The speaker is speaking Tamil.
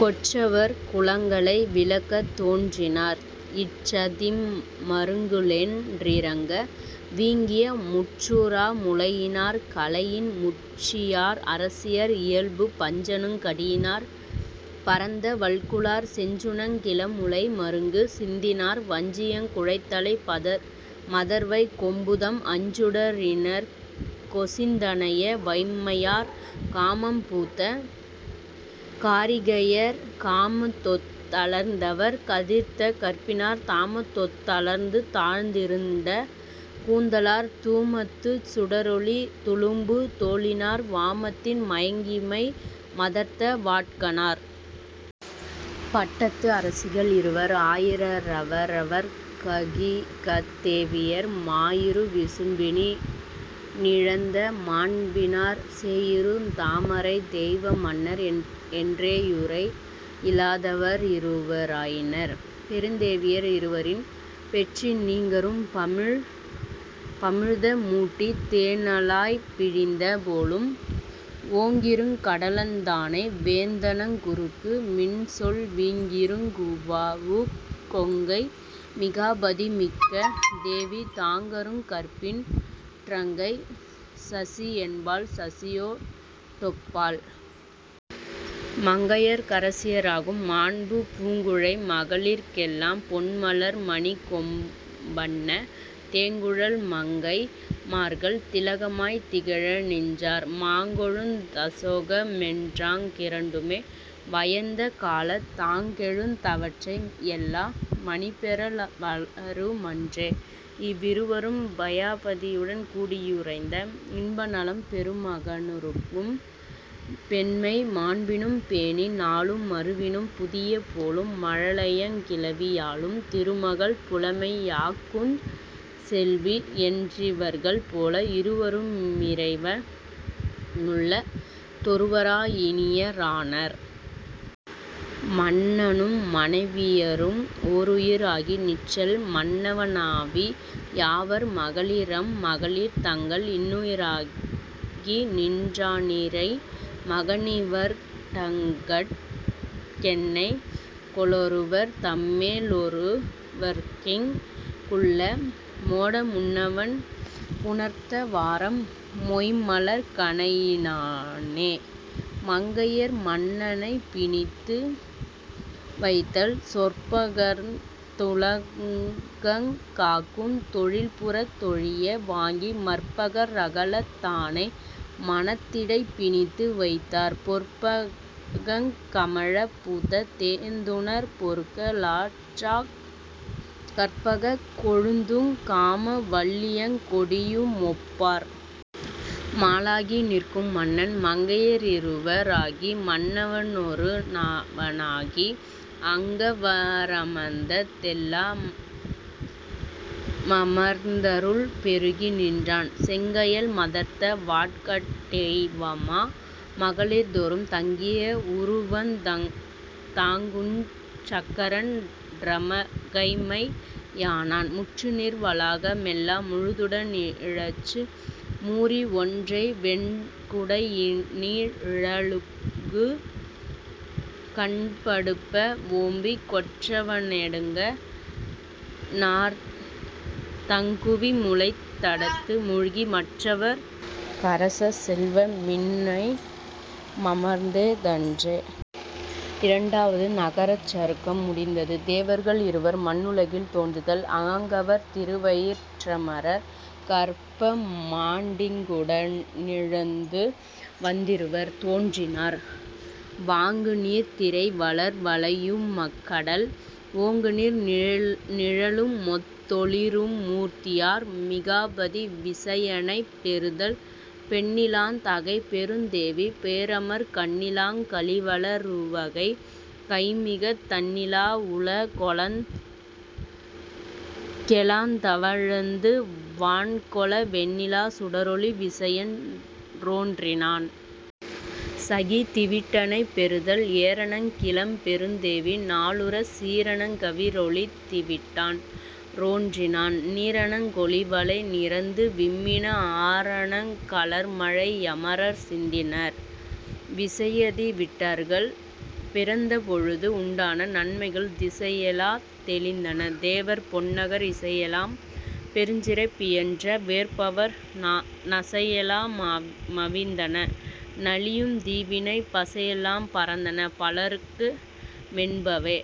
கொற்றவர் குலங்களை விளக்கத் தோன்றினார் இற்றதிம் மருங்குலென் றிரங்க வீங்கிய முற்றுறா முலையினார் கலையின் முற்றியார். அரசியர் இயல்பு பஞ்சனுங் கடியினார் பரந்த வல்குலார் செஞ்சுணங் கிளமுலை மருங்கு சிந்தினார் வஞ்சியங் குழைத்தலை மதர்வைக் கொம்புதம் அஞ்சுட ரிணர்க்கொசிந் தனைய வைம்மையார். காமம் பூத்த காரிகையர் காமத்தொத் தலர்ந்தவர் கதிர்த்த கற்பினார் தாமத்தொத் தலர்ந்துதாழ்ந் திருண்ட கூந்தலார் தூமத்துச் சுடரொளி துளும்பு தோளினார் வாமத்தின் மயங்கிமை மதர்த்த வாட்கணார். பட்டத்து அரசிகள் இருவர் ஆயிர ரவரவர்க் கதிகத் தேவியர் மாயிரு விசும்பினி னிழிந்த மாண்பினார் சேயிருந் தாமரைத் தெய்வ மன்னர் என் றேயுரை யிலாதவ ரிருவ ராயினார். பெருந்தேவியர் இருவரின் பெற்றி நீங்கரும் பமிழ்த மூட்டித் தேனளாய்ப் பிழிந்த போலும் ஓங்கிருங் கடலந் தானை வேந்தணங் குறுக்கு மின்சொல் வீங்கிருங் குவவுக் கொங்கை மிகாபதி மிக்க தேவி தாங்கருங் கற்பின் றங்கை சசிஎன்பாள் சசியோ டொப்பாள். மங்கையர்க்கரசியராகும் மாண்பு பூங்குழை மகளிர்க் கெல்லாம் பொன்மலர் மணிக்கொம் பன்ன தேங்குழல் மங்கை மார்கள் திலகமாய்த் திகழ நின்றார் மாங்கொழுந் தசோக மென்றாங் கிரண்டுமே வயந்த காலத் தாங்கெழுந் தவற்றை யெல்லா மணிபெற வலரு மன்றே. இவ்விருவரும் பயாபதியுடன் கூடியுறைந்த இன்பநலம் பெருமக னுருகும் பெண்மை மாண்பினும் பேணி நாளும் மருவினும் புதிய போலும் மழலையங் கிளவி யாலும் திருமகள் புலமை யாக்குஞ் செல்விஎன் றிவர்கள் போல இருவரு மிறைவ னுள்ளத் தொருவரா யினிய ரானார். மன்னனும் மனைவியரும் ஓருயிர் ஆகி நிற்றல் மன்னவ னாவி யாவார் மகளிரம் மகளிர் தங்கள் இன்னுயி ராகி நின்றா னிறைமக னிவர்க டங்கட் கென்னைகொ லொருவர் தம்மே லொருவர்க்கிங் குள்ள மோட முன்னவன் புணர்த்த வாறம் மொய்ம்மலர்க் கணையி னானே. மங்கையர் மன்னனைப் பிணித்து வைத்தல் சொற்பகர்ந் துலகங் காக்குந் தொழில்புறத் தொழிய வாங்கி மற்பக ரகலத் தானை மனத்திடைப் பிணித்து வைத்தார் பொற்பகங் கமழப் பூத்த தேந்துணர் பொறுக்க லாற்றாக் கற்பகக் கொழுந்துங் காம வல்லியங் கொடியு மொப்பார். மாலாகி நிற்கும் மன்னன் மங்கைய ரிருவ ராகி மன்னவ னொருவ னாகி அங்கவ ரமர்ந்த தெல்லா மமர்ந்தருள் பெருகி நின்றான் செங்கயல் மதர்த்த வாட்கட் டெய்வமா மகளிர் தோறும் தங்கிய வுருவந் தாங்குஞ் சக்கரன் றகைமை யானான். முற்றுநீர் வளாக மெல்லா முழுதுட னிழற்று மூரி ஒற்றைவெண் குடையி னீழ லுலகுகண் படுப்ப வோம்பிக் கொற்றவ னெடுங்க ணார்தங் குவிமுலைத் தடத்து மூழ்கி மற்றவற் கரசச் செல்வ மின்னண மமர்ந்த தன்றே. இரண்டாவது நகரச்சருக்கம் முடிந்தது. தேவர்கள் இருவர் மண்ணுலகில் தோன்றுதல் ஆங்கவர் திருவயிற் றமரர் கற்பமாண் டீங்குட னிழிந்துவந் திருவர் தோன்றினார் வாங்குநீர்த் திரைவளர் வளையு மக்கடல் ஓங்குநீர் நிழலுமொத் தொளிரு மூர்த்தியார். மிகாபதி விசயனைப் பெறுதல் பெண்ணிலாந் தகைப்பெருந் தேவி பேரமர்க் கண்ணிலாங் களிவள ருவகை கைம்மிகத் தண்ணிலா வுலகெலாந் தவழந்து வான்கொள வெண்ணிலா சுடரொளி விசயன் றோன்றினான். சசி திவிட்டனைப் பெறுதல் ஏரணங் கிளம்பெருந் தேவி நாளுறச் சீரணங் கவிரொளித் திவிட்டன் றோன்றினான் நீரணங் கொளிவளை நிரந்து விம்மின ஆரணங் கலர்மழை யமரர் சிந்தினார். விசயதிவிட்டர்கள் பிறந்தபொழுது உண்டான நன்மைகள் திசையெலாத் தெளிந்தன தேவர் பொன்னகர் இசையெலாம் பெருஞ்சிறப் பியன்ற வேற்பவர் நசையெலா மவிந்தன நலியுந் தீவினைப் பசையெலாம் பறந்தன பலர்க்கு மென்பவே.